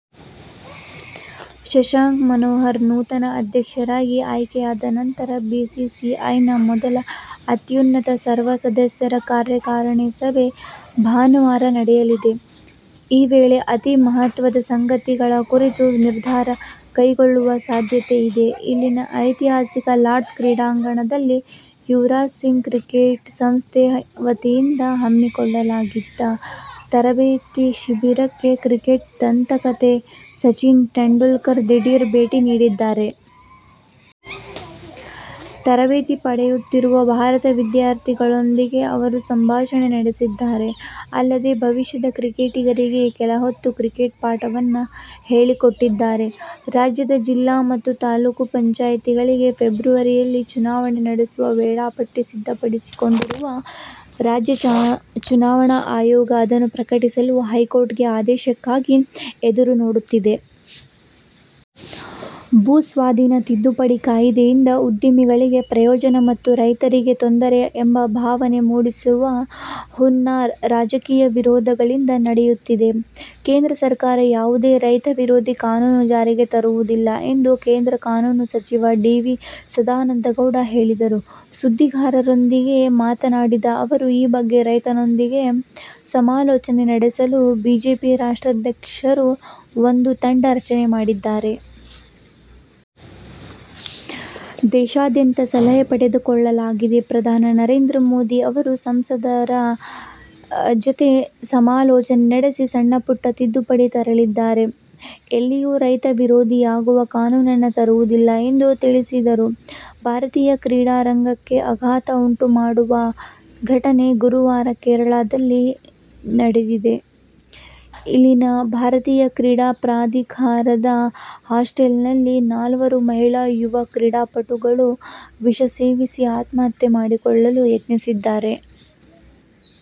ಶಶಾಂಕ್ ಮನೋಹರ್ ನೂತನ ಅಧ್ಯಕ್ಷರಾಗಿ ಆಯ್ಕೆಯಾದ ನಂತರ ಬಿಸಿಸಿಐನ ಮೊದಲ ಅತ್ಯುನ್ನತ ಸರ್ವಸದಸ್ಯರ ಕಾರ್ಯಕಾರಿಣಿ ಸಭೆ ಭಾನುವಾರ ನಡೆಯಲಿದೆ. ಈ ವೇಳೆ ಅತಿ ಮಹತ್ವದ ಸಂಗತಿಗಳ ಕುರಿತು ನಿರ್ಧಾರ ಕೈಗೊಳ್ಳುವ ಸಾಧ್ಯತೆಯಿದೆ. ಇಲ್ಲಿನ ಐತಿಹಾಸಿಕ ಲಾರ್ಡ್ಸ್ ಕ್ರೀಡಾಂಗಣದಲ್ಲಿ ಯುವರಾಜ್ ಸಿಂಗ್ ಕ್ರಿಕೆಟ್ ಸಂಸ್ಥೆ ವತಿಯಿಂದ ಹಮ್ಮಿಕೊಳ್ಳಲಾಗಿದ್ದ ತರಬೇತಿ ಶಿಬಿರಕ್ಕೆ ಕ್ರಿಕೆಟ್ ದಂತಕತೆ ಸಚಿನ್ ತೆಂಡುಲ್ಕರ್ ದಿಢೀರ್ ಭೇಟಿ ನೀಡಿದ್ದಾರೆ. ತರಬೇತಿ ಪಡೆಯುತ್ತಿರುವ ಭಾರತದ ವಿದ್ಯಾರ್ಥಿಗಳೊಂದಿಗೆ ಅವರು ಸಂಭಾಷಣೆ ನಡೆಸಿದ್ದಾರೆ. ಅಲ್ಲದೆ ಭವಿಷ್ಯದ ಕ್ರಿಕೆಟಿಗರಿಗೆ ಕೆಲ ಹೊತ್ತು ಕ್ರಿಕೆಟ್ ಪಾಠವನ್ನೂ ಹೇಳಿಕೊಟ್ಟಿದ್ದಾರೆ. ರಾಜ್ಯದ ಜಿಲ್ಲಾ ಮತ್ತು ತಾಲೂಕು ಪಂಚಾಯ್ತಿಗಳಿಗೆ ಫೆಬ್ರವರಿಯಲ್ಲಿ ಚುನಾವಣೆ ನಡೆಸಲು ವೇಳಾಪಟ್ಟಿ ಸಿದ್ಧಪಡಿಸಿಕೊಂಡಿರುವ ರಾಜ್ಯ ಚುನಾವಣಾ ಆಯೋಗ, ಅದನ್ನು ಪ್ರಕಟಿಸಲು ಹೈಕೋರ್ಟ್ ಆದೇಶಕ್ಕಾಗಿ ಎದುರು ನೋಡುತ್ತಿದೆ. ಭೂ ಸ್ವಾಧೀನ ತಿದ್ದುಪಡಿ ಕಾಯಿದೆಯಿಂದ ಉದ್ಯಮಗಳಿಗೆ ಪ್ರಯೋಜನ ಮತ್ತು ರೈತರಿಗೆ ತೊಂದರೆ ಎಂಬ ಭಾವನೆ ಮೂಡಿಸುವ ಹುನ್ನಾರ ರಾಜಕೀಯ ವಿರೋಧಿಗಳಿಂದ ನಡೆಯುತ್ತಿದೆ. ಕೇಂದ್ರ ಸರ್ಕಾರ ಯಾವುದೇ ರೈತ ವಿರೋಧಿ ಕಾನೂನು ಜಾರಿಗೆ ತರುವುದಿಲ್ಲ ಎಂದು ಕೇಂದ್ರ ಕಾನೂನು ಸಚಿವ ಡಿ. ವಿ. ಸದಾನಂದಗೌಡ ಹೇಳಿದರು. ಸುದ್ದಿಗಾರರೊಂದಿಗೆ ಮಾತನಾಡಿದ ಅವರು, ಈ ಬಗ್ಗೆ ರೈತರೊಂದಿಗೆ ಸಮಾಲೋಚನೆ ನಡೆಸಲು ಬಿಜೆಪಿ ರಾಷ್ಟ್ರಾಧ್ಯಕರು ಒಂದು ತಂಡ ರಚನೆ ಮಾಡಿದ್ದಾರೆ. ದೇಶಾದ್ಯಂತ ಸಲಹೆ ಪಡೆದುಕೊಳ್ಳಲಾಗಿದೆ. ಪ್ರಧಾನಿ ನರೇಂದ್ರ ಮೋದಿ ಅವರು ಸಂಸದರ ಜತೆ ಸಮಾಲೋಚನೆ ನಡೆಸಿ ಸಣ್ಣಪುಟ್ಟ ತಿದ್ದುಪಡಿ ತರಲಿದ್ದಾರೆ. ಎಲ್ಲಿಯೂ ರೈತ ವಿರೋಧಿಯಾಗುವ ಕಾನೂನನ್ನು ತರುವುದಿಲ್ಲ ಎಂದು ತಿಳಿಸಿದರು. ಭಾರತೀಯ ಕ್ರೀಡಾರಂಗಕ್ಕೇ ಆಘಾತ ಉಂಟು ಮಾಡುವ ಘಟನೆ ಗುರುವಾರ ಕೇರಳದಲ್ಲಿ ನಡೆದಿದೆ. ಇಲ್ಲಿನ ಭಾರತೀಯ ಕ್ರೀಡಾ ಪ್ರಾಧಿಕಾರದ ಹಾಸ್ಟೆಲ್ನಲ್ಲಿ ನಾಲ್ವರು ಮಹಿಳಾ ಯುವ ಕ್ರೀಡಾಪಟುಗಳು ವಿಷಸೇವಿಸಿ ಆತ್ಮಹತ್ಯೆ ಮಾಡಿಕೊಳ್ಳಲು ಯತ್ನಿಸಿದ್ದಾರೆ.